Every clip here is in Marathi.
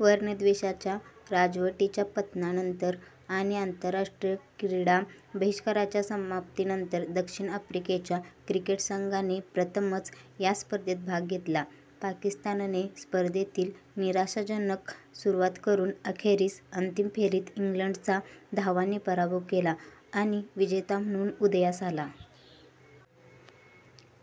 वर्णद्वेषाच्या राजवटीच्या पतनानंतर आणि आंतरराष्ट्रीय क्रीडा बहिष्काराच्या समाप्तीनंतर दक्षिण आफ्रिकेच्या क्रिकेट संघाने प्रथमच या स्पर्धेत भाग घेतला. पाकिस्तानने स्पर्धेतील निराशाजनक सुरुवात करून अखेरीस अंतिम फेरीत इंग्लंडचा धावांनी पराभव केला आणि विजेता म्हणून उदयास आला.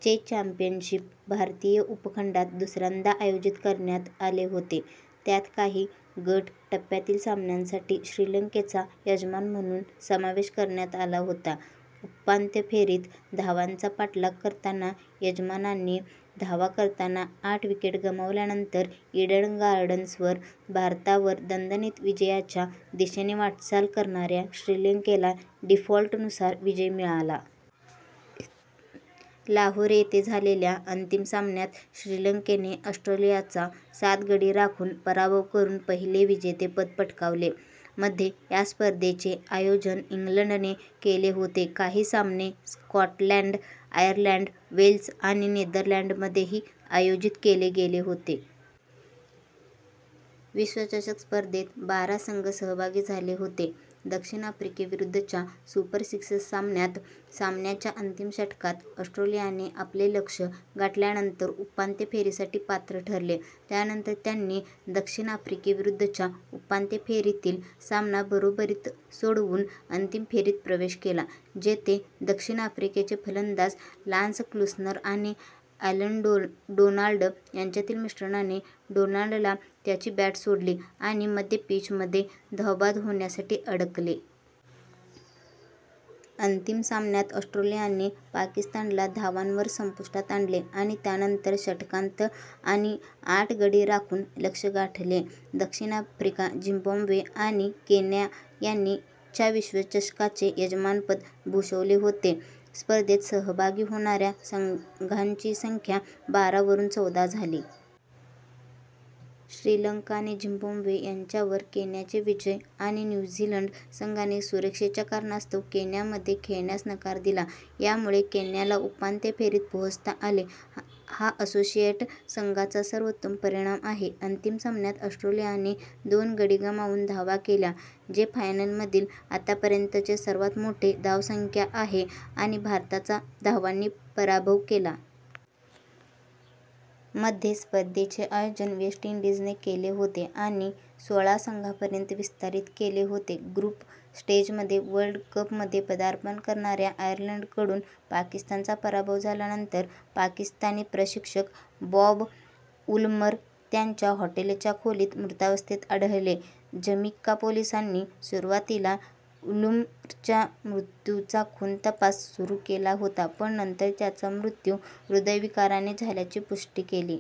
चे चॅम्पियनशिप भारतीय उपखंडात दुसऱ्यांदा आयोजित करण्यात आले होते, त्यात काही गट टप्प्यातील सामन्यांसाठी श्रीलंकेचा यजमान म्हणून समावेश करण्यात आला होता. उपांत्य फेरीत, धावांचा पाठलाग करताना यजमानांनी धावा करताना आठ विकेट गमावल्यानंतर, ईडन गार्डन्सवर भारतावर दणदणीत विजयाच्या दिशेने वाटचाल करणाऱ्या श्रीलंकेला डीफॉल्टनुसार विजय मिळाला. लाहोर येथे झालेल्या अंतिम सामन्यात श्रीलंकेने ऑस्ट्रेलियाचा सात गडी राखून पराभव करून पहिले विजेतेपद पटकावले. मध्ये, या स्पर्धेचे आयोजन इंग्लंडने केले होते, काही सामने स्कॉटलंड, आयर्लंड, वेल्स आणि नेदरलँडमध्येही आयोजित केले गेले होते. विश्वचषक स्पर्धेत बारा संघ सहभागी झाले होते. दक्षिण आफ्रिकेविरुद्धच्या सुपर सिक्स सामन्यात सामन्याच्या अंतिम षटकात ऑस्ट्रेलियाने आपले लक्ष्य गाठल्यानंतर उपांत्य फेरीसाठी पात्र ठरले. त्यानंतर त्यांनी दक्षिण आफ्रिकेविरुद्धच्या उपांत्य फेरीतील सामना बरोबरीत सोडवून अंतिम फेरीत प्रवेश केला जेथे दक्षिण आफ्रिकेचे फलंदाज लान्स क्लुसनर आणि ॲलन डोनाल्ड यांच्यातील मिश्रणाने डोनाल्डला त्याची बॅट सोडली आणि मध्य-पिचमध्ये धावबाद होण्यासाठी अडकले. अंतिम सामन्यात ऑस्ट्रेलियाने पाकिस्तानला धावांवर संपुष्टात आणले आणि त्यानंतर षटकांत आणि आठ गडी राखून लक्ष्य गाठले. दक्षिण आफ्रिका, झिम्बाब्वे आणि केन्या यांनी च्या विश्वचषकाचे यजमानपद भूषवले होते. स्पर्धेत सहभागी होणाऱ्या संघांची संख्या बारा वरून चौदा झाली. श्रीलंका आणि झिम्बाब्वे यांच्यावर केन्याचे विजय – आणि न्यू झीलंड संघाने सुरक्षेच्या कारणास्तव केन्यामध्ये खेळण्यास नकार दिला – यामुळे केन्याला उपांत्य फेरीत पोहोचता आले, हा असोसिएट संघाचा सर्वोत्तम परिणाम आहे. अंतिम सामन्यात, ऑस्ट्रेलियाने दोन गडी गमावून धावा केल्या, जे फायनलमधील आतापर्यंतचे सर्वात मोठे धावसंख्या आहे आणि भारताचा धावांनी पराभव केला. मध्ये, स्पर्धेचे आयोजन वेस्ट इंडीजने केले होते आणि सोळा संघांपर्यंत विस्तारित केले होते. ग्रुप स्टेजमध्ये वर्ल्ड कपमध्ये पदार्पण करणाऱ्या आयर्लंडकडून पाकिस्तानचा पराभव झाल्यानंतर, पाकिस्तानी प्रशिक्षक बॉब वुलमर त्यांच्या हॉटेलच्या खोलीत मृतावस्थेत आढळले. जमैका पोलिसांनी सुरुवातीला वूल्मरच्या मृत्यूचा खून तपास सुरू केला होता पण नंतर त्याचा मृत्यू हृदयविकाराने झाल्याची पुष्टी केली.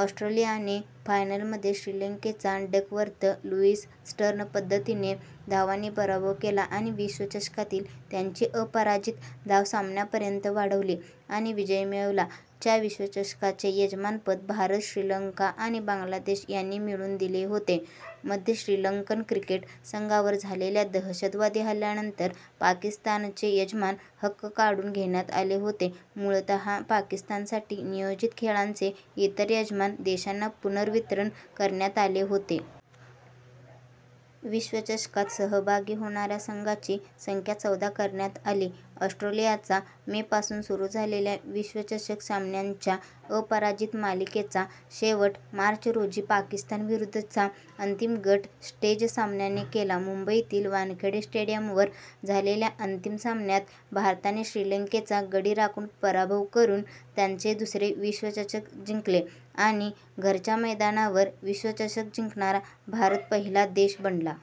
ऑस्ट्रेलियाने फायनलमध्ये श्रीलंकेचा डकवर्थ-लुईस-स्टर्न पद्धतीने धावांनी पराभव केला, आणि विश्वचषकातील त्यांची अपराजित धाव सामन्यांपर्यंत वाढवली आणि विजय मिळवला. च्या विश्वचषकाचे यजमानपद भारत, श्रीलंका आणि बांगलादेश यांनी मिळून दिले होते. मध्ये श्रीलंकन क्रिकेट संघावर झालेल्या दहशतवादी हल्ल्यानंतर पाकिस्तानचे यजमान हक्क काढून घेण्यात आले होते, मूळतः पाकिस्तानसाठी नियोजित खेळांचे इतर यजमान देशांना पुनर्वितरण करण्यात आले होते. विश्वचषकात सहभागी होणाऱ्या संघांची संख्या चौदा करण्यात आली. ऑस्ट्रेलियाचा मे पासून सुरू झालेल्या विश्वचषक सामन्यांच्या अपराजित मालिकेचा शेवट मार्च रोजी पाकिस्तानविरुद्धचा अंतिम गट स्टेज सामन्याने केला. मुंबईतील वानखेडे स्टेडियमवर झालेल्या अंतिम सामन्यात भारताने श्रीलंकेचा गडी राखून पराभव करून त्यांचे दुसरे विश्वचषक जिंकले आणि घरच्या मैदानावर विश्वचषक जिंकणारा भारत पहिला देश बनला.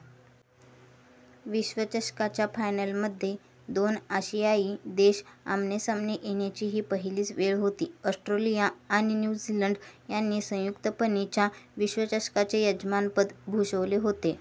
विश्वचषकाच्या फायनलमध्ये दोन आशियाई देश आमनेसामने येण्याची ही पहिलीच वेळ होती. ऑस्ट्रेलिया आणि न्यू झीलंड यांनी संयुक्तपणे च्या विश्वचषकाचे यजमानपद भूषवले होते.